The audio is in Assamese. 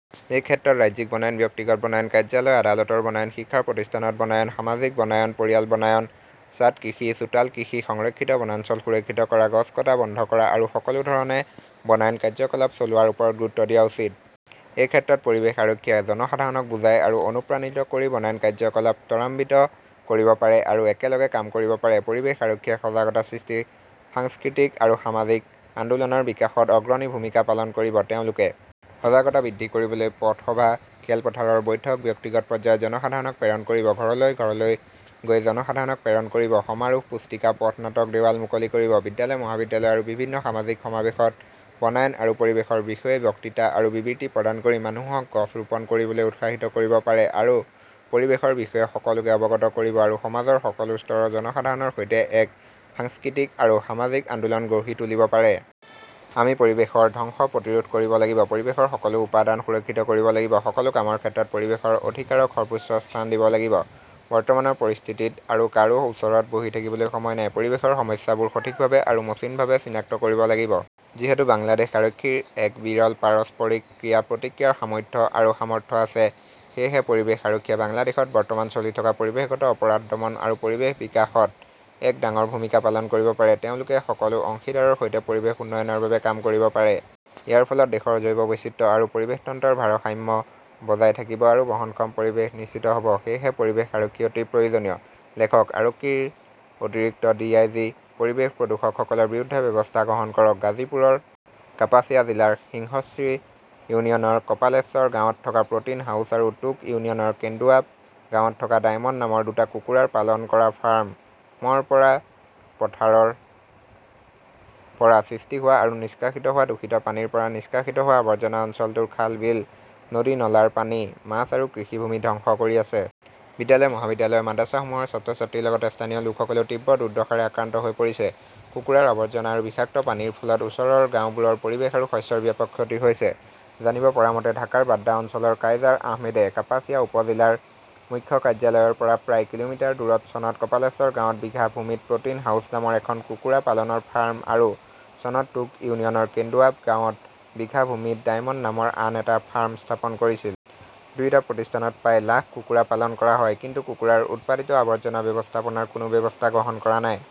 এই ক্ষেত্ৰত ৰাজ্যিক বনায়ন, ব্যক্তিগত বনায়ন, কাৰ্যালয়-আদালতৰ বনায়ন, শিক্ষা প্ৰতিষ্ঠানত বনায়ন, সামাজিক বনায়ন, পৰিয়াল বনায়ন, ছাদ কৃষি, চোতাল কৃষি, সংৰক্ষিত বনাঞ্চল সুৰক্ষিত কৰা, গছ কটা বন্ধ কৰা আৰু সকলো ধৰণে বনায়ন কাৰ্যকলাপ চলোৱাৰ ওপৰত গুৰুত্ব দিয়া উচিত। এই ক্ষেত্ৰত পৰিৱেশ আৰক্ষীয়ে জনসাধাৰণক বুজাই আৰু অনুপ্ৰাণিত কৰি বনায়ন কাৰ্যকলাপ ত্বৰান্বিত কৰিব পাৰে আৰু একেলগে কাম কৰিব পাৰে। পৰিৱেশ আৰক্ষীয়ে সজাগতা সৃষ্টি, সাংস্কৃতিক আৰু সামাজিক আন্দোলনৰ বিকাশত অগ্ৰণী ভূমিকা পালন কৰিব। তেওঁলোকে সজাগতা বৃদ্ধি কৰিবলৈ পথসভা, খেলপথাৰৰ বৈঠক, ব্যক্তিগত পৰ্যায়ত জনসাধাৰণক প্ৰেৰণ কৰিব, ঘৰলৈ ঘৰলৈ গৈ জনসাধাৰণক প্ৰেৰণ কৰিব, সমাৰোহ, পুস্তিকা, পথ নাটক, দেৱাল মুকলি কৰিব, বিদ্যালয়-মহাবিদ্যালয় আৰু বিভিন্ন সামাজিক সমাৱেশত বনায়ন আৰু পৰিৱেশৰ বিষয়ে বক্তৃতা আৰু বিবৃতি প্ৰদান কৰি মানুহক গছ ৰোপণ কৰিবলৈ উৎসাহিত কৰিব পাৰে আৰু পৰিৱেশৰ বিষয়ে সকলোকে অৱগত কৰিব আৰু সমাজৰ সকলো স্তৰৰ জনসাধাৰণৰ সৈতে এক সাংস্কৃতিক আৰু সামাজিক আন্দোলন গঢ়ি তুলিব পাৰে। আমি পৰিৱেশৰ ধ্বংস প্ৰতিৰোধ কৰিব লাগিব, পৰিৱেশৰ সকলো উপাদান সুৰক্ষিত কৰিব লাগিব, সকলো কামৰ ক্ষেত্ৰত পৰিৱেশৰ অধিকাৰক সৰ্বোচ্চ স্থান দিব লাগিব। বৰ্তমানৰ পৰিস্থিতিত আৰু কাৰো ওচৰত বহি থাকিবলৈ সময় নাই। পৰিৱেশৰ সমস্যাবোৰ সঠিকভাৱে আৰু মচিণভাৱে চিনাক্ত কৰিব লাগিব। যিহেতু বাংলাদেশ আৰক্ষীৰ এক বিৰল পাৰস্পৰিক ক্ৰিয়া-প্ৰতিক্ৰিয়াৰ সামৰ্থ্য আৰু সামৰ্থ্য আছে, সেয়েহে পৰিৱেশ আৰক্ষীয়ে বাংলাদেশত বৰ্তমান চলি থকা পৰিৱেশগত অপৰাধ দমন আৰু পৰিৱেশ বিকাশত এক ডাঙৰ ভূমিকা পালন কৰিব পাৰে। তেওঁলোকে সকলো অংশীদাৰৰ সৈতে পৰিৱেশ উন্নয়নৰ বাবে কাম কৰিব পাৰে। ইয়াৰ ফলত দেশৰ জৈৱ বৈচিত্ৰ্য আৰু পৰিৱেশ তন্ত্ৰৰ ভাৰসাম্য বজাই থাকিব আৰু বহনক্ষম পৰিৱেশ নিশ্চিত হ'ব। সেয়েহে পৰিৱেশ আৰক্ষী অতি প্ৰয়োজনীয়। লেখকঃ আৰক্ষীৰ অতিৰিক্ত ডিআইজি। পৰিৱেশ প্ৰদূষকসকলৰ বিৰুদ্ধে ব্যৱস্থা গ্ৰহণ কৰক গাজীপুৰৰ কাপাসিয়া জিলাৰ সিংহশ্ৰী ইউনিয়নৰ কপালেশ্বৰ গাঁৱত থকা প্ৰ'টিন হাউচ আৰু টোক ইউনিয়নৰ কেন্দুৱাব গাঁৱত থকা ডায়মণ্ড নামৰ দুটা কুকুৰা পালন কৰা ফাৰ্ম মৰ পৰা, পথাৰৰ পৰা সৃষ্টি হোৱা আৰু নিষ্কাশিত হোৱা দূষিত পানীৰ পৰা নিষ্কাশিত হোৱা আৱৰ্জনা অঞ্চলটোৰ খাল-বিল, নদী-নলাৰ পানী, মাছ আৰু কৃষিভূমি ধ্বংস কৰি আছে। বিদ্যালয় মহাবিদ্যালয়ৰ মাদ্ৰাছাসমূহৰ ছাত্ৰ-ছাত্ৰীৰ লগতে স্থানীয় লোকসকলেও তীব্ৰ দুৰ্দশাৰে আক্ৰান্ত হৈ পৰিছে। কুকুৰাৰ আৱৰ্জনা আৰু বিষাক্ত পানীৰ ফলত ওচৰৰ গাওঁবোৰৰ পৰিৱেশ আৰু শস্যৰ ব্যাপক ক্ষতি হৈছে। জানিব পৰা মতে, ঢাকাৰ বাড্ডা অঞ্চলৰ কাইজাৰ আহমেদে কাপাসিয়া উপ-জিলাৰ মুখ্য কাৰ্যালয়ৰ পৰা প্ৰায় কিলোমিটাৰ দূৰত চনত কপালেশ্বৰ গাঁৱত বিঘা ভূমিত প্ৰ'টিন হাউচ নামৰ এখন কুকুৰা পালনৰ ফাৰ্ম আৰু চনত টোক ইউনিয়নৰ কেন্দুৱাব গাঁৱত বিঘা ভূমিত ডায়মণ্ড নামৰ আন এটা ফাৰ্ম স্থাপন কৰিছিল। দুয়োটা প্ৰতিষ্ঠানত প্ৰায় লাখ কুকুৰা পালন কৰা হয়, কিন্তু কুকুৰাৰ উৎপাদিত আৱৰ্জনা ব্যৱস্থাপনাৰ কোনো ব্যৱস্থা গ্ৰহণ কৰা নাই।